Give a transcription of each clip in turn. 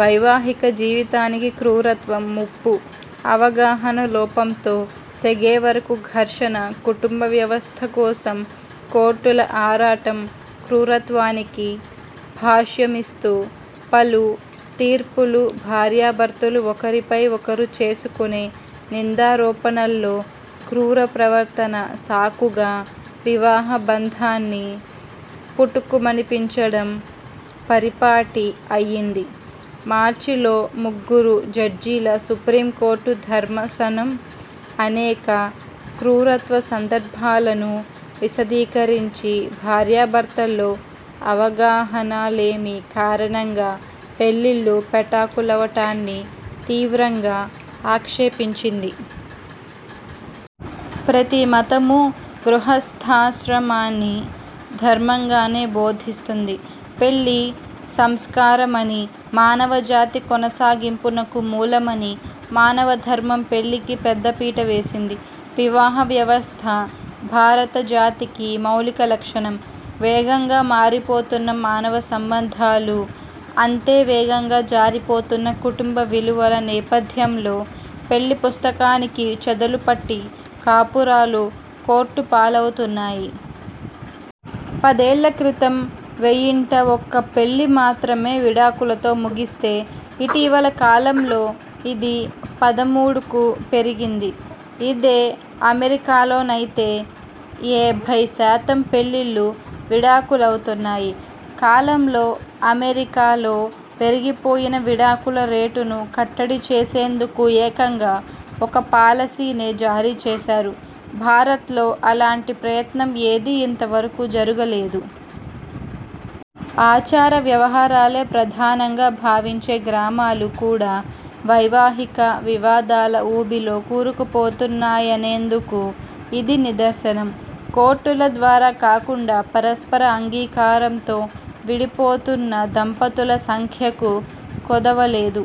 వైవాహిక జీవితానికి 'క్రూరత్వం' ముప్పు అవగాహన లోపంతో తెగేవరకు ఘర్షణ కుటుంబ వ్యవస్థ కోసం కోర్టుల ఆరాటం క్రూరత్వానికి భాష్యమిస్తూ పలు తీర్పులుభార్యాభర్తలు ఒకరిపై ఒకరు చేసుకునే నిందారోపణల్లో 'క్రూర ప్రవర్తన' సాకుగా వివాహబంధాన్ని పుటుక్కుమనిపించడం పరిపాటి అయ్యింది. మార్చిలో ముగ్గురు జడ్జీల సుప్రీంకోర్టు ధర్మాసనం అనేక 'క్రూరత్వ' సందర్భాలను విశదీకరించి, భార్యాభర్తల్లో అవగాహనాలేమి కారణంగా పెళ్లిళ్లు పెటాకులవటాన్ని తీవ్రంగా ఆక్షేపించింది. ప్రతి మతమూ గృహస్థాశ్రమాన్ని ధర్మంగానే బోధిస్తుంది. పెళ్లి సంస్కారమనీ, మానవజాతి కొనసాగింపునకు మూలమనీ మానవధర్మం పెళ్లికి పెద్దపీట వేసింది. వివాహ వ్యవస్థ భారత జాతికి మౌలిక లక్షణం. వేగంగా మారిపోతున్న మానవ సంబంధాలూ, అంతే వేగంగా జారిపోతున్న కుటుంబ విలువల నేపథ్యంలో పెళ్లి పుస్తకానికి చెదలుపట్టి కాపురాలు కోర్టు పాలవుతున్నాయి. పదేళ్ల క్రితం వెయ్యింట ఒక్క పెళ్లి మాత్రమే విడాకులతో ముగిస్తే, ఇటీవల కాలంలో ఇది పదమూడు కు పెరిగింది. ఇదే అమెరికాలోనైతే ఏభై శాతం పెళ్లిళ్లు విడాకులవుతున్నాయి. కాలంలో అమెరికాలో పెరిగిపోయిన విడాకుల రేటును కట్టడి చేసేందుకు ఏకంగా ఒక పాలసీనే జారీచేశారు. భారత్లో అలాంటి ప్రయత్నం ఏదీ ఇంతవరకు జరుగలేదు. ఆచార వ్యవహారాలే ప్రధానంగా భావించే గ్రామాలు కూడా వైవాహిక వివాదాల ఊబిలో కూరుకుపోతున్నాయనేందుకు ఇది నిదర్శనం. కోర్టుల ద్వారా కాకుండా పరస్పర అంగీకారంతో విడిపోతున్న దంపతుల సంఖ్యకు కొదవేలేదు.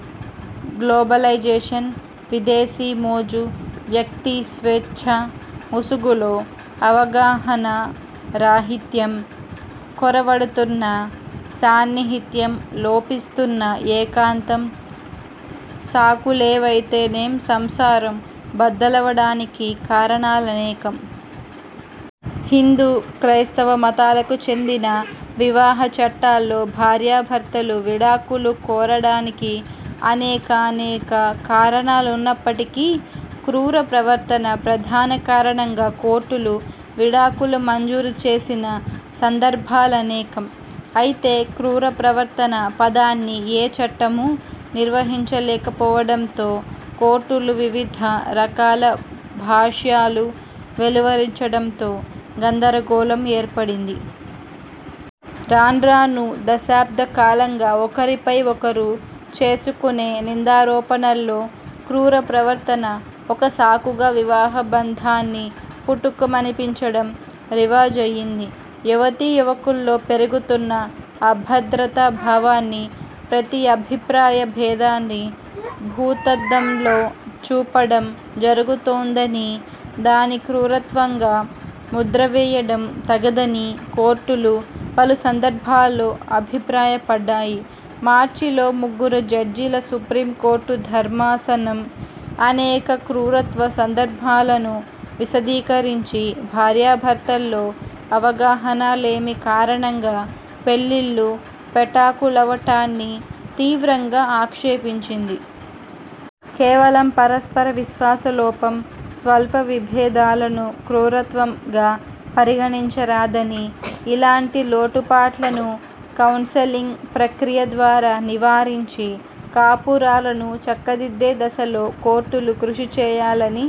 గ్లోబలైజేషన్, విదేశీ మోజు, వ్యక్తిస్వేచ్ఛ ముసుగులో అవగాహనా రాహిత్యం, కొరవడుతున్న సాన్నిహిత్యం, లోపిస్తున్న ఏకాంతం, సాకులేవైతేనేంసంసారం బద్దలవడానికి కారణాలనేకం. హిందూ, క్రైస్తవ మతాలకు చెందిన వివాహ చట్టాల్లో భార్యాభర్తలు విడాకులు కోరడానికి అనేకానేక కారణాలున్నప్పటికీ 'క్రూర ప్రవర్తన' ప్రధాన కారణంగా కోర్టులు విడాకులు మంజూరు చేసిన సందర్భాలనేకం. అయితే 'క్రూర ప్రవర్తన' పదాన్ని ఏ చట్టమూ నిర్వచించకపోవడంతో కోర్టులు వివిధ రకాల భాష్యాలు వెలువరించడంతో గందరగోళం ఏర్పడింది. రాన్రానూ దశాబ్దకాలంగా ఒకరిపై ఒకరు చేసుకునే నిందారోపణల్లో 'క్రూర ప్రవర్తన' ఒక సాకుగా వివాహబంధాన్ని పుటుక్కుమనిపించడం రివాజయ్యింది. యువతీ యువకుల్లో పెరుగుతున్న అభద్రతా భావాన్నీ, ప్రతి అభిప్రాయ భేదాన్నీ భూతద్దంలో చూపడం జరుగుతోందనీ, దాని క్రూరత్వంగా ముద్రవేయడం తగదనీ కోర్టులు పలు సందర్భాల్లో అభిప్రాయపడ్డాయి. మార్చిలో ముగ్గురు జడ్జీల సుప్రీంకోర్టు ధర్మాసనం అనేక 'క్రూరత్వ' సందర్భాలను విశదీకరించి, భార్యాభర్తల్లో అవగాహనాలేమి కారణంగా పెళ్లిళ్లు పెటాకులవటాన్ని తీవ్రంగా ఆక్షేపించింది. కేవలం పరస్పర విశ్వాస లోపం, స్వల్ప విభేదాలను 'క్రూరత్వం'గా పరిగణించరాదనీ ఇలాంటి లోటుపాట్లను కౌన్సెలింగ్ ప్రక్రియ ద్వారా నివారించి కాపురాలను చక్కదిద్దే దిశలో కోర్టులు కృషి చేయాలనీ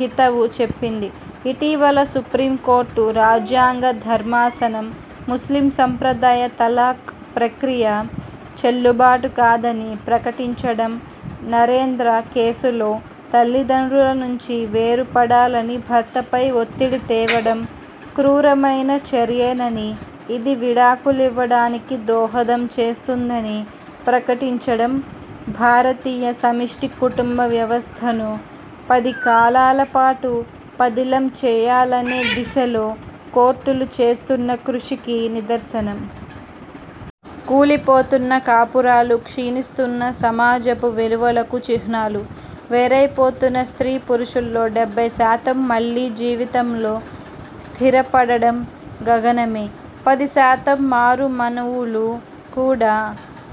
హితవు చెప్పింది. ఇటీవల సుప్రీంకోర్టు రాజ్యాంగ ధర్మాసనం ముస్లిం సంప్రదాయ 'తలాక్' ప్రక్రియ చెల్లుబాటు కాదని ప్రకటించడం, 'నరేంద్ర' కేసులో తల్లిదండ్రుల నుంచి వేరు పడాలని భర్తపై ఒత్తిడి తేవడం క్రూరమైన చర్యేననీ, ఇది విడాకులివ్వడానికి దోహదం చేస్తుందనీ ప్రకటించడం, భారతీయ సమష్టి కుటుంబ వ్యవస్థను పదికాలాల పాటు పదిలం చేయాలనే దిశలో కోర్టులు చేస్తున్న కృషికి నిదర్శనం. కూలిపోతున్న కాపురాలు క్షీణిస్తున్న సమాజపు విలువలకు చిహ్నాలు. వేరైపోతున్న స్ర్తీ పురుషుల్లో డెబ్బై శాతం మళ్లీ జీవితంలో స్థిరపడడం గగనమే. పది శాతం మారు మనువులు కూడా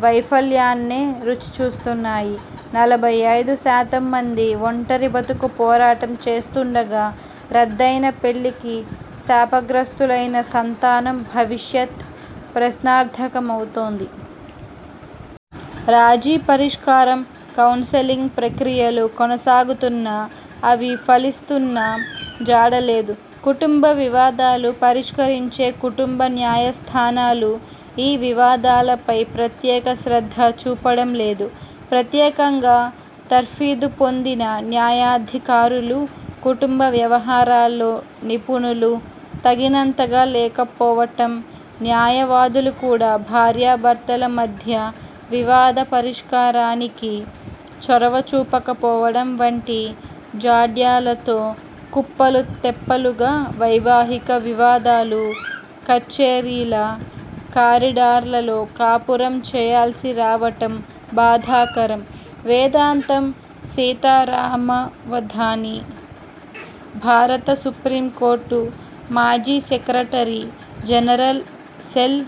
వైఫల్యాన్నే రుచి చూస్తున్నాయి. నలభై అయిదు శాతం మంది ఒంటరి బతుకు పోరాటం చేస్తుండగా, రద్దయిన పెళ్లికి శాపగ్రస్తులైన సంతానం భవిష్యత్ ప్రశ్నార్థకమవుతోంది. రాజీ పరిష్కారం, కౌన్సెలింగ్ ప్రక్రియలు కొనసాగుతున్నా అవి ఫలిస్తున్న జాడలేదు. కుటుంబ వివాదాలు పరిష్కరించే కుటుంబ న్యాయస్థానాలు ఈ వివాదాలపై ప్రత్యేక శ్రద్ధ చూపడం లేదు. ప్రత్యేకంగా తర్ఫీదు పొందిన న్యాయాధికారులూ, కుటుంబ వ్యవహారాల్లో నిపుణులూ తగినంతగా లేకపోవటం, న్యాయవాదులు కూడా భార్యాభర్తల మధ్య వివాద పరిష్కారానికి చొరవ చూపకపోవడం వంటి జాడ్యాలతో కుప్పలు తెప్పలుగా వైవాహిక వివాదాలు కచ్చేరీల కారిడార్లలో కాపురం చేయాల్సి రావటం బాధాకరం. వేదాంతం సీతారామావధాని, భారత సుప్రీంకోర్టు మాజీ సెక్రటరీ జనరల్, సెల్:।